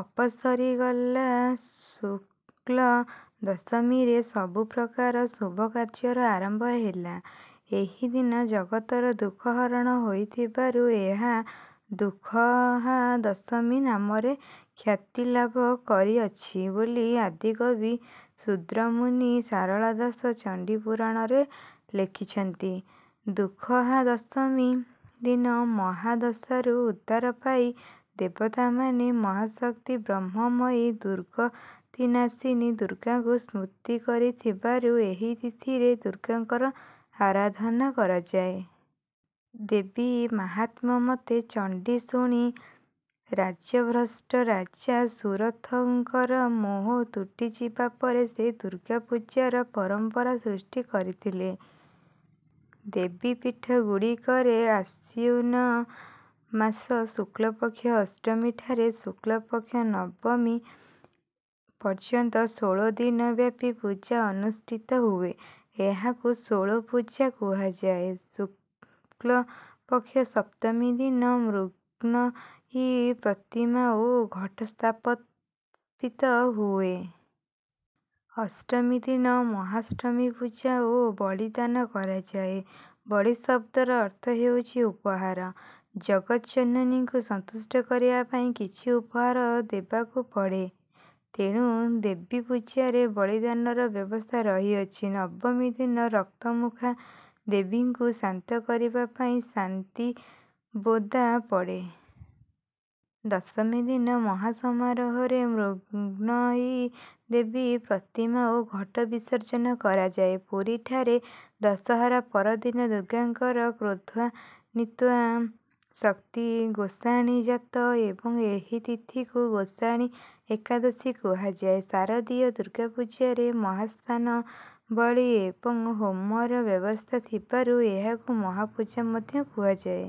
ଅପସରି ଗଲା ଶୁକ୍ଳ ଦଶମୀରେ ସବୁପ୍ରକାର ଶୁଭକାର୍ଯ୍ୟର ଆରମ୍ଭ ହେଲା। ଏହିଦିନ ଜଗତର ଦୁଃଖ ହରଣ ହୋଇଥିବାରୁ ଏହା ଦୁଃଖହା ଦଶମୀ ନାମରେ ଖ୍ୟାତି ଲାଭ କରିଅଛି ବୋଲି ଆଦିକବି ଶୂଦ୍ରମୁନି ସାରଳା ଦାସ ଚଣ୍ଡୀପୁରାଣରେ ଲେଖିଛନ୍ତି। ଦୁଃଖହା ଦଶମୀ ଦିନ ମହାଦଶାରୁ ଉଦ୍ଧାର ପାଇ ଦେବତାମାନେ ମହାଶକ୍ତି ବ୍ରହ୍ମମୟୀ ଦୁର୍ଗତିନାଶିନୀ ଦୁର୍ଗାଙ୍କୁ ସ୍ତୁତି କରିଥିବାରୁ ଏହି ତିଥିରେ ଦୁର୍ଗାଙ୍କର ଆରାଧନା କରାଯାଏ। ଦେବୀ ମାହାତ୍ମ୍ୟ ମତେ ଚଣ୍ଡୀ ଶୁଣି ରାଜ୍ୟଭ୍ରଷ୍ଟ ରାଜା ସୁରଥଙ୍କର ମୋହ ତୁଟିଯିବା ପରେ ସେ ଦୁର୍ଗାପୂଜାର ପରମ୍ପରା ସୃଷ୍ଟି କରିଥିଲେ। ଦେବୀପୀଠଗୁଡ଼ିକରେ ଆଶ୍ୱିନ ମାସ କୃଷ୍ଣପକ୍ଷ ଅଷ୍ଟମୀଠାରୁ ଶୁକ୍ଳପକ୍ଷ ନବମୀ ପର୍ଯ୍ୟନ୍ତ ଷୋଳଦିନ ବ୍ୟାପୀ ପୂଜା ଅନୁଷ୍ଠିତ ହୁଏ। ଏହାକୁ ଷୋଳପୂଜା କୁହାଯାଏ। ଶୁକ୍ଳପକ୍ଷ ସପ୍ତମୀ ଦିନ ମୃଣ୍ମୟୀ ପ୍ରତିମା ଓ ଘଟ ସ୍ଥାପିତ ହୁଏ। ଅଷ୍ଟମୀଦିନ ମହାଷ୍ଟମୀ ପୂଜା ଓ ବଳିଦାନ କରାଯାଏ। ବଳି ଶବ୍ଦର ଅର୍ଥ ହେଉଛି ଉପହାର। ଜଗତଜନନୀଙ୍କୁ ସନ୍ତୁଷ୍ଟ କରିବା ପାଇଁ କିଛି ଉପହାର ଦେବାକୁ ପଡେ। ତେଣୁ ଦେବୀପୂଜାରେ ବଳିଦାନର ବ୍ୟବସ୍ଥା ରହିଅଛି ନବମୀ ଦିନ ରକ୍ତମୁଖା ଦେବୀଙ୍କୁ ଶାନ୍ତ କରିବା ପାଇଁ ଶାନ୍ତି ବୋଦା ପଡେ। ଦଶମୀ ଦିନ ମହା ସମାରୋହରେ ମୃଣ୍ମୟୀ ଦେବୀ ପ୍ରତିମା ଓ ଘଟ ବିସର୍ଜନ କରାଯାଏ ପୁରୀଠାରେ ଦଶହରା ପରଦିନ ଦୁର୍ଗାଙ୍କର କ୍ରୋଧାନ୍ୱିତା ଶକ୍ତି ଗୋସାଣୀ ଯାତ ଏବଂ ଏହି ତିଥିକୁ ଗୋସାଣୀ ଏକାଦଶୀ କୁହାଯାଏ ଶାରଦୀୟ ଦୁର୍ଗାପୂଜାରେ ମହାସ୍ନାନ ବଳି ଏବଂ ହୋମର ବ୍ୟବସ୍ଥା ଥିବାରୁ ଏହାକୁ ମହାପୂଜା ମଧ୍ୟ କୁହାଯାଏ।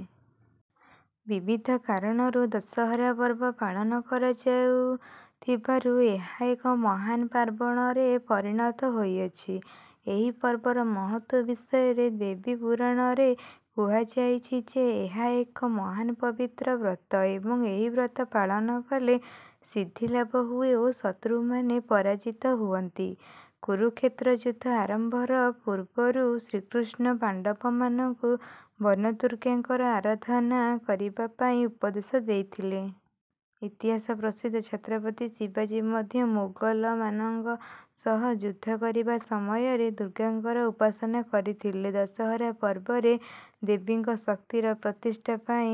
ବିବିଧ କାରଣରୁ ଦଶହରା ପର୍ବ ପାଳନ କରାଯାଉଥିବାରୁ ଏହା ଏକ ମହାନ ପାର୍ବଣରେ ପରିଣତ ହୋଇଅଛି। ଏହି ପର୍ବର ମହତ୍ତ୍ୱ ବିଷୟରେ ଦେବୀ ପୁରାଣରେ କୁହାଯାଇଛି ଯେ ଏହା ଏକ ମହାନ ପବିତ୍ର ବ୍ରତ ଏବଂ ଏହି ବ୍ରତ ପାଳନ କଲେ ସିଦ୍ଧି ଲାଭ ହୁଏ ଓ ଶତ୍ରୁମାନେ ପରାଜିତ ହୁଅନ୍ତି କୁରୁକ୍ଷେତ୍ର ଯୁଦ୍ଧ ଆରମ୍ଭର ପୂର୍ବରୁ ଶ୍ରୀକୃଷ୍ଣ ପାଣ୍ଡବମାନଙ୍କୁ ବନଦୁର୍ଗାଙ୍କର ଆରାଧନା କରିବା ପାଇଁ ଉପଦେଶ ଦେଇଥିଲେ। ଇତିହାସ ପ୍ରସିଦ୍ଧ ଛତ୍ରପତି ଶିବାଜୀ ମଧ୍ୟ ମୋଗଲମାନଙ୍କ ସହ ଯୁଦ୍ଧ କରିବା ସମୟରେ ଦୁର୍ଗାଙ୍କର ଉପାସନା କରିଥିଲେ ଦଶହରା ପର୍ବରେ ଦେବୀଙ୍କ ଶକ୍ତିର ପ୍ରତିଷ୍ଠା ପାଇଁ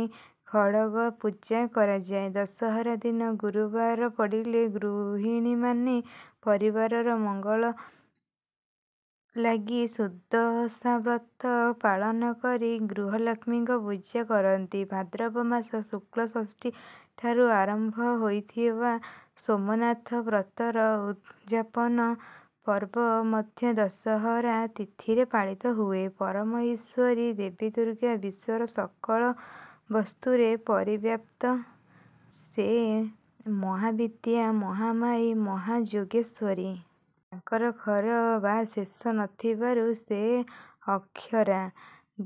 ଖଡ଼ଗ ପୂଜା କରାଯାଏ ଦଶହରା ଦିନ ଗୁରୁବାର ପଡ଼ିଲେ ଗୃହିଣୀମାନେ ପରିବାରର ମଙ୍ଗଳ ଲାଗି ସୁଦଶାବ୍ରତ ପାଳନ କରି ଗୃହଲକ୍ଷ୍ମୀଙ୍କ ପୂଜା କରନ୍ତି ଭାଦ୍ରବ ମାସ ଶୁକ୍ଳ ଷଷ୍ଠୀଠାରୁ ଆରମ୍ଭ ହୋଇଥିବା ସୋମନାଥ ବ୍ରତର ଉଦ୍ ଯାପନ ପର୍ବ ମଧ୍ୟ ଦଶହରା ତିଥିରେ ପାଳିତ ହୁଏ ପରମ ଈଶ୍ୱରୀ ଦେବୀ ଦୁର୍ଗା ବିଶ୍ୱର ସକଳ ବସ୍ତୁରେ ପରିବ୍ୟାପ୍ତ ସେ ମହାବିଦ୍ୟା ମହାମାୟା ମହାଯୋଗେଶ୍ୱରୀ। ତାଙ୍କର କ୍ଷର ବା ଶେଷ ନଥିବାରୁ ସେ ଅକ୍ଷରା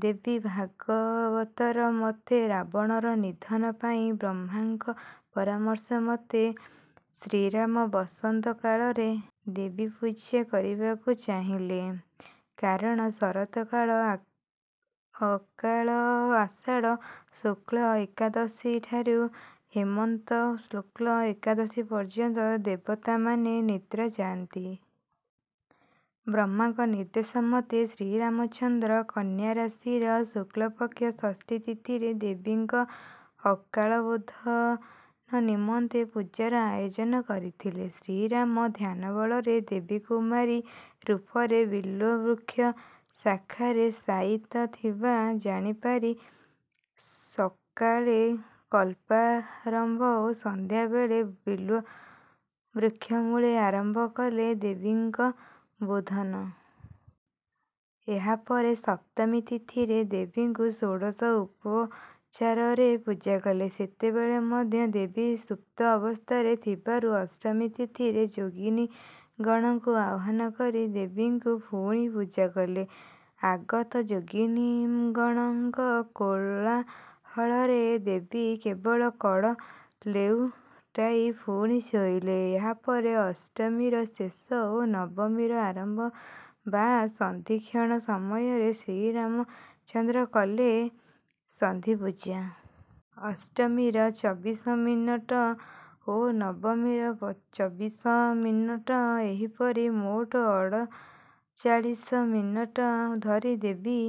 ଦେବୀ ଭାଗବତର ମତେ ରାବଣର ନିଧନ ପାଇଁ ବ୍ରହ୍ମାଙ୍କ ପରାମର୍ଶ ମତେ ଶ୍ରୀରାମ ବସନ୍ତ କାଳରେ ଦେବୀପୂଜା କରିବାକୁ ଚାହିଁଲେ। କାରଣ ଶରତକାଳ ଅକାଳ ଆଷାଢ଼ ଶୁକ୍ଳ ଏକାଦଶୀ ଠାରୁ ହେମନ୍ତ ଶୁକ୍ଳ ଏକାଦଶୀ ପର୍ଯ୍ୟନ୍ତ ଦେବତାମାନେ ନିଦ୍ରା ଯାଆନ୍ତି। ବ୍ରହ୍ମାଙ୍କ ନିର୍ଦ୍ଦେଶ ମତେ ଶ୍ରୀରାମଚନ୍ଦ୍ର କନ୍ୟାରାଶିର ଶୁକ୍ଳପକ୍ଷ ଷଷ୍ଠୀ ତିଥିରେ ଦେବୀଙ୍କ ଅକାଳ ବୋଧ ନିମନ୍ତେ ପୂଜାର ଆୟୋଜନ କରିଥିଲେ। ଶ୍ରୀରାମ ଧ୍ୟାନ ବଳରେ ଦେବୀ କୁମାରୀ ରୂପରେ ବିଲ୍ୱବୃକ୍ଷ ଶାଖାରେ ଶାୟିତ ଥିବା ଜାଣିପାରି ସକାଳେ କଳ୍ପାରମ୍ଭ ଓ ସନ୍ଧ୍ୟାବେଳେ ବିଲ୍ୱବୃକ୍ଷମୂଳେ ଆରମ୍ଭ କଲେ ଦେବୀଙ୍କ୍ ବୋଧନ। ଏହାପରେ ସପ୍ତମୀ ତିଥିରେ ଦେବୀଙ୍କୁ ଷୋଡ଼ଶ ଉପଚାରରେ ପୂଜା କଲେ। ସେତେବେଳେ ମଧ୍ୟ ଦେବୀ ସୁପ୍ତ ଅବସ୍ଥାରେ ଥିବାରୁ ଅଷ୍ଟମୀ ତିଥିରେ ଯୋଗିନୀଗଣଙ୍କୁ ଆହ୍ୱାନ କରି ଦେବୀଙ୍କୁ ପୁଣି ପୂଜା କଲେ। ଆଗତ ଯୋଗିନୀଗଣଙ୍କ କୋଳାହଳରେ ଦେବୀ କେବଳ କଡ଼ ଲେଉଟାଇ ପୁଣି ଶୋଇଲେ। ଏହା ପରେ ଅଷ୍ଟମୀର ଶେଷ ଓ ନବମୀର ଆରମ୍ଭ ବା ସନ୍ଧିକ୍ଷଣ ସମୟରେ ଶ୍ରୀରାମଚନ୍ଦ୍ର କଲେ ସନ୍ଧିପୂଜା। ଅଷ୍ଟମୀର ଚବିଶ ମିନଟ ଓ ନବମୀର ଚବିଶ ମିନଟ ଏହିପରି ମୋଟ ଅଡଚାଳିଶ ମିନଟ ଧରି ଦେବୀ